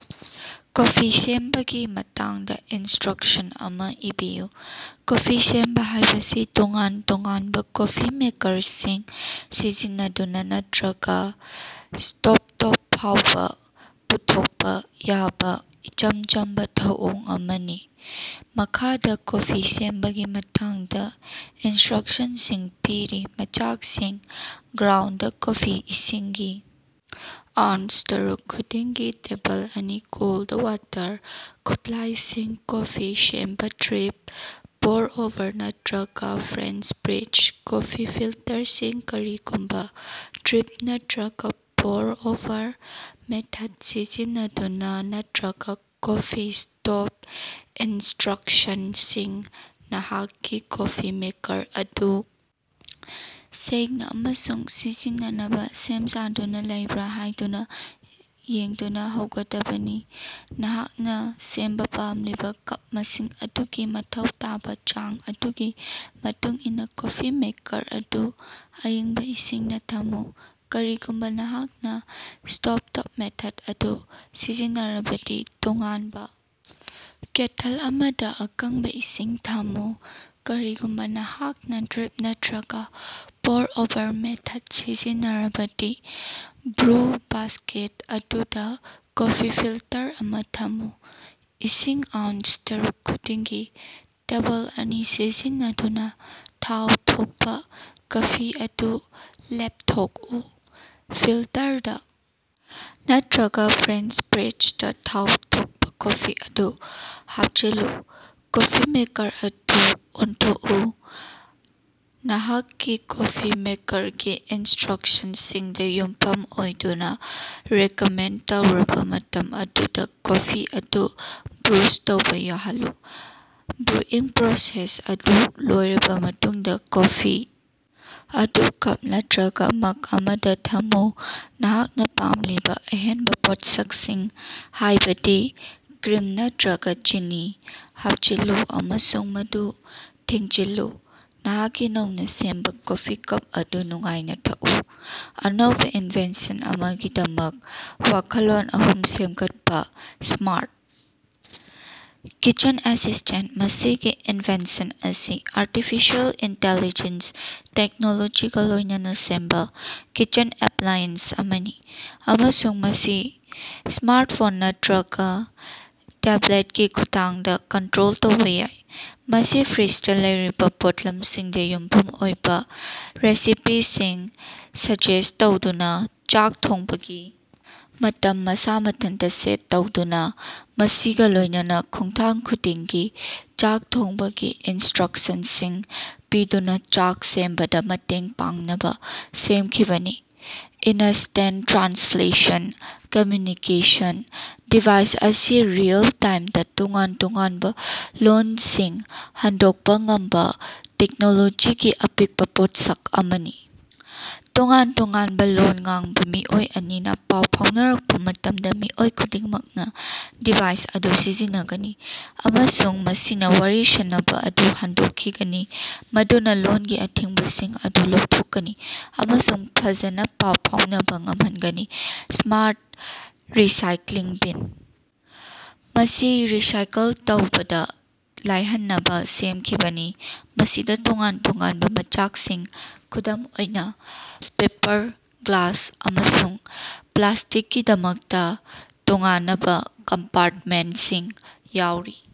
Coffee ꯁꯦꯝꯕꯒꯤ ꯃꯇꯥꯡꯗꯥ instruction ꯑꯃꯥ ꯏꯕꯤꯌꯨ꯫ ꯀꯣꯐꯤ ꯁꯦꯝꯕꯥ ꯍꯥꯏꯕꯁꯤ ꯇꯣꯉꯥꯟ ꯇꯣꯉꯥꯟꯕꯥ ꯀꯣꯐꯤ ꯃꯦꯀꯔꯁꯤꯡ ꯁꯤꯖꯤꯟꯅꯗꯨꯅꯥ ꯅꯠꯇ꯭ꯔꯒꯥ ꯁ꯭ꯇꯣꯕꯇꯣꯞꯇꯥ ꯐꯥꯎꯕꯥ ꯄꯥꯡꯊꯣꯛꯄꯥ ꯌꯥꯕꯥ ꯏꯆꯝ ꯆꯝꯕꯥ ꯊꯧꯑꯣꯡ ꯑꯃꯅꯤ꯫ ꯃꯈꯥꯗꯥ ꯀꯣꯐꯤ ꯁꯦꯝꯕꯒꯤ ꯃꯇꯥꯡꯗꯥ ꯏꯟꯁꯇꯔꯛꯁꯟꯁꯤꯡ ꯄꯤꯔꯤ ꯃꯆꯥꯛꯁꯤꯡ ꯒ꯭ꯔꯥꯎꯟꯗ ꯀꯣꯐꯤ ꯏꯁꯤꯡꯒꯤ ꯑꯎꯟꯁ ꯇꯔꯨꯛ ꯈꯨꯗꯤꯡꯒꯤ ꯇꯦꯕꯜ ꯑꯅꯤ ꯀꯣꯜꯗ ꯋꯥꯇꯔ ꯈꯨꯠꯂꯥꯏꯁꯤꯡ ꯀꯣꯐꯤ ꯁꯦꯝꯕꯥ ꯗ꯭ꯔꯤꯞ, ꯄꯣꯔ ꯑꯣꯚꯔ, ꯅꯠꯇ꯭ꯔꯒꯥ ꯐ꯭ꯔꯦꯟꯆ ꯄ꯭ꯔꯦꯁ ꯀꯣꯐꯤ ꯐꯤꯜꯇꯔꯁꯤꯡ ꯀꯔꯤꯒꯨꯝꯕꯥ ꯗ꯭ꯔꯤꯞ ꯅꯠꯇ꯭ꯔꯒꯥ ꯄꯣꯔ ꯑꯣꯚꯔ ꯃꯦꯊꯗ ꯁꯤꯖꯤꯟꯅꯗꯨꯅꯥ ꯅꯠꯇ꯭ꯔꯒꯥ ꯀꯣꯐꯤ ꯁ꯭ꯀꯣꯞ ꯏꯟꯁꯇꯔꯛꯁꯟꯁꯤꯡ ꯅꯍꯥꯛꯀꯤ ꯀꯣꯐꯤ ꯃꯦꯀꯔ ꯑꯗꯨ ꯁꯦꯡꯅꯥ ꯑꯃꯁꯨꯡ ꯁꯤꯖꯤꯟꯅꯅꯕꯥ ꯁꯦꯝ ꯁꯥꯗꯨꯅꯥ ꯂꯩꯕ꯭ꯔꯥ ꯍꯥꯏꯕꯗꯨ ꯌꯦꯡꯗꯨꯅꯥ ꯍꯧꯒꯗꯕꯅꯤ꯫ ꯅꯍꯥꯛꯅꯥ ꯁꯦꯝꯕꯥ ꯄꯥꯝꯂꯤꯕꯥ ꯀꯞ ꯃꯁꯤꯡ ꯑꯗꯨꯒꯤ ꯃꯊꯧ ꯇꯥꯕꯥ ꯆꯥꯡ ꯑꯗꯨꯒꯤ ꯃꯇꯨꯡꯏꯟꯅꯥ ꯀꯣꯐꯤ ꯃꯦꯀꯔ ꯑꯗꯨ ꯑꯏꯪꯕꯥ ꯏꯁꯤꯡꯅꯥ ꯊꯝꯃꯨ꯫ ꯀꯔꯤꯒꯨꯝꯕꯥ ꯅꯍꯥꯛꯅꯥ ꯁ꯭ꯇꯣꯕꯇꯣꯞ ꯃꯦꯊꯗ ꯑꯗꯨ ꯁꯤꯖꯤꯟꯅꯔꯕꯗꯤ, ꯇꯣꯉꯥꯟꯕꯥ ꯀꯦꯇꯜ ꯑꯃꯗꯥ ꯑꯀꯪꯕꯥ ꯏꯁꯤꯡ ꯊꯝꯃꯨ꯫ ꯀꯔꯤꯒꯨꯝꯕꯥ ꯅꯍꯥꯛꯅꯥ ꯗ꯭ꯔꯤꯞ ꯅꯠꯇ꯭ꯔꯒꯥ ꯄꯣꯔ ꯑꯣꯚꯔ ꯃꯦꯊꯗ ꯁꯤꯖꯤꯟꯅꯔꯕꯗꯤ ꯕ꯭ꯔꯨ ꯕꯥꯁ꯭ꯀꯦꯠ ꯑꯗꯨꯗꯥ ꯀꯣꯐꯤ ꯐꯤꯜꯇꯔ ꯑꯃꯥ ꯊꯝꯃꯨ꯫ ꯏꯁꯤꯡ ꯑꯎꯟꯁ ꯇꯔꯨꯛ ꯈꯨꯗꯤꯡꯒꯤ ꯇꯦꯕꯜ ꯑꯅꯤ ꯁꯤꯖꯤꯟꯅꯗꯨꯅꯥ ꯊꯥꯎ ꯊꯣꯛꯄꯥ ꯀꯐꯤ ꯑꯗꯨ ꯂꯦꯞꯊꯣꯛꯎ꯫ ꯐꯤꯜꯇꯔꯗꯥ ꯅꯠꯇ꯭ꯔꯒꯥ ꯐ꯭ꯔꯦꯟꯆ ꯄ꯭ꯔꯦꯁꯇꯥ ꯊꯥꯎ ꯊꯣꯛꯄꯥ ꯀꯣꯐꯤ ꯑꯗꯨ ꯍꯥꯞꯆꯤꯜꯂꯨ꯫ ꯀꯣꯐꯤ ꯃꯦꯀꯔ ꯑꯗꯨ ꯑꯣꯟꯊꯣꯛꯎ꯫ ꯅꯍꯥꯛꯀꯤ ꯀꯣꯐꯤ ꯃꯦꯀꯔꯒꯤ ꯏꯟꯁ꯭ꯠꯔꯛꯁꯟꯁꯤꯡꯗꯥ ꯌꯨꯝꯐꯝ ꯑꯣꯏꯗꯨꯅꯥ ꯔꯦꯀꯃꯦꯟꯗ ꯇꯧꯔꯕꯥ ꯃꯇꯝ ꯑꯗꯨꯗꯥ ꯀꯣꯐꯤ ꯑꯗꯨ ꯕ꯭ꯔꯨꯖ ꯇꯧꯕ ꯌꯥꯍꯜꯂꯨ꯫ ꯕ꯭ꯔꯨꯏꯪ ꯄ꯭ꯔꯣꯁꯦꯁ ꯑꯗꯨ ꯂꯣꯏꯔꯕꯥ ꯃꯇꯨꯡꯗꯥ, ꯀꯣꯐꯤ ꯑꯗꯨ ꯀꯞ ꯅꯠꯇ꯭ꯔꯒꯥ ꯃꯒ ꯑꯃꯗꯥ ꯊꯝꯃꯨ꯫ ꯅꯍꯥꯛꯅꯥ ꯄꯥꯝꯂꯤꯕꯥ ꯑꯍꯦꯟꯕꯥ ꯄꯣꯠꯁꯛꯁꯤꯡ, ꯍꯥꯏꯕꯗꯤ ꯀ꯭ꯔꯤꯝ ꯅꯠꯇ꯭ꯔꯒꯥ ꯆꯤꯅꯤ, ꯍꯥꯞꯆꯤꯜꯂꯨ ꯑꯃꯁꯨꯡ ꯃꯗꯨ ꯊꯤꯡꯖꯤꯜꯂꯨ꯫ ꯅꯍꯥꯛꯀꯤ ꯅꯧꯅꯥ ꯁꯦꯝꯕꯥ ꯀꯣꯐꯤ ꯀꯞ ꯑꯗꯨ ꯅꯨꯡꯉꯥꯏꯅꯥ ꯊꯛꯎ꯫ ꯑꯅꯧꯕꯥ ꯏꯟꯚꯦꯟꯁꯟ ꯑꯃꯒꯤꯗꯃꯛ ꯋꯥꯈꯜꯂꯣꯟ ꯑꯍꯨꯝ ꯁꯦꯝꯒꯠꯄꯥ꯫ ꯁ꯭ꯃꯥꯔꯠ ꯀꯤꯆꯦꯟ ꯑꯦꯁꯤꯁ꯭ꯇꯦꯟꯇ ꯃꯁꯤꯒꯤ ꯏꯟꯚꯦꯟꯁꯟ ꯑꯁꯤ ꯑꯥꯔꯇꯤꯐꯤꯁꯤꯑꯦꯜ ꯏꯟꯇꯤꯂꯤꯖꯦꯟꯁ ꯇꯦꯛꯅꯣꯂꯣꯖꯤꯒꯥ ꯂꯣꯏꯅꯅꯥ ꯁꯦꯝꯕꯥ ꯀꯤꯆꯦꯟ ꯑꯦꯞꯂꯥꯏꯑꯦꯟꯁ ꯑꯃꯅꯤ ꯑꯃꯁꯨꯡ ꯃꯁꯤ ꯁ꯭ꯃꯥꯔꯠꯐꯣꯟ ꯅꯠꯔꯒꯥ ꯇꯦꯕꯂꯒꯤ ꯈꯨꯠꯊꯥꯡꯗꯥ ꯀꯟꯠꯔꯣꯜ ꯇꯧꯕ ꯌꯥꯏ꯫ ꯃꯁꯤ ꯐ꯭ꯔꯤꯖꯗꯥ ꯂꯩꯔꯤꯕꯥ ꯄꯣꯠꯂꯝꯁꯤꯡꯗꯥ ꯌꯨꯝꯐꯝ ꯑꯣꯏꯕꯥ ꯔꯦꯁꯤꯄꯤꯁꯤꯡ ꯁꯖꯦꯁ꯭ꯠ ꯇꯧꯗꯨꯅꯥ, ꯆꯥꯛ ꯊꯣꯡꯕꯒꯤ ꯃꯇꯝ ꯃꯁꯥ ꯃꯊꯟꯇꯥ ꯁꯦꯠ ꯇꯧꯗꯨꯅꯥ, ꯃꯁꯤꯒꯥ ꯂꯣꯏꯅꯅꯥ ꯈꯣꯡꯊꯥꯡ ꯈꯨꯗꯤꯡꯒꯤ ꯆꯥꯛ ꯊꯣꯡꯕꯒꯤ ꯏꯟꯁ꯭ꯠꯔꯛꯁꯟꯁꯤꯡ ꯄꯤꯗꯨꯅꯥ ꯆꯥꯛ ꯁꯦꯝꯕꯗꯥ ꯃꯇꯦꯡ ꯄꯥꯡꯅꯕꯥ ꯁꯦꯝꯈꯤꯕꯅꯤ꯫ ꯏꯅꯁ꯭ꯇꯦꯟꯇ ꯇ꯭ꯔꯥꯟꯁꯂꯦꯁꯟ ꯀꯝꯃꯌꯨꯅꯤꯀꯦꯁꯟ ꯗꯤꯚꯥꯏꯁ ꯑꯁꯤ ꯔꯤꯑꯦꯜ-ꯇꯥꯏꯝꯗꯥ ꯇꯣꯉꯥꯟ ꯇꯣꯉꯥꯟꯕꯥ ꯂꯣꯟꯁꯤꯡ ꯍꯟꯗꯣꯛꯄꯥ ꯉꯝꯕꯥ ꯇꯦꯛꯅꯣꯂꯣꯖꯤꯒꯤ ꯑꯄꯤꯛꯄꯥ ꯄꯣꯠꯁꯛ ꯑꯃꯅꯤ꯫ ꯇꯣꯉꯥꯟ ꯇꯣꯉꯥꯟꯕꯥ ꯂꯣꯟ ꯉꯥꯡꯕꯥ ꯃꯤꯑꯣꯏ ꯑꯅꯤꯅꯥ ꯄꯥꯎ ꯐꯥꯎꯅꯔꯛꯄꯥ ꯃꯇꯝꯗꯥ ꯃꯤꯑꯣꯏ ꯈꯨꯗꯤꯡꯃꯛꯅꯥ ꯗꯤꯚꯥꯏꯁ ꯑꯗꯨ ꯁꯤꯖꯤꯟꯅꯒꯅꯤ ꯑꯃꯁꯨꯡ ꯃꯁꯤꯅꯥ ꯋꯥꯔꯤ ꯁꯥꯅꯕꯥ ꯑꯗꯨ ꯍꯟꯗꯣꯛꯈꯤꯒꯅꯤ, ꯃꯗꯨꯅꯥ ꯂꯣꯟꯒꯤ ꯑꯊꯤꯡꯕꯁꯤꯡ ꯑꯗꯨ ꯂꯧꯊꯣꯛꯀꯅꯤ ꯑꯃꯁꯨꯡ ꯐꯖꯅꯥ ꯄꯥꯎ ꯐꯥꯎꯅꯕꯥ ꯉꯝꯍꯟꯒꯅꯤ꯫ ꯁ꯭ꯃꯥꯔꯠ ꯔꯤꯁꯥꯏꯛꯂꯤꯡ ꯕꯤꯟ ꯑꯁꯤ ꯔꯤꯁꯥꯏꯀꯜ ꯇꯧꯕꯗꯥ ꯂꯥꯏꯍꯟꯅꯕꯥ ꯁꯦꯝꯈꯤꯕꯅꯤ, ꯃꯁꯤꯗꯥ ꯇꯣꯉꯥꯟ ꯇꯣꯉꯥꯟꯕꯥ ꯃꯆꯥꯛꯁꯤꯡ, ꯈꯨꯗꯝ ꯑꯣꯏꯅꯥ ꯄꯦꯄꯔ, ꯒ꯭ꯂꯥꯁ, ꯑꯃꯁꯨꯡ ꯄ꯭ꯂꯥꯁ꯭ꯇꯤꯛꯀꯤꯗꯃꯛꯇꯥ ꯇꯣꯉꯥꯅꯕꯥ ꯀꯝꯄꯥꯔꯇꯃꯦꯟꯠꯁꯤꯡ ꯌꯥꯎꯔꯤ꯫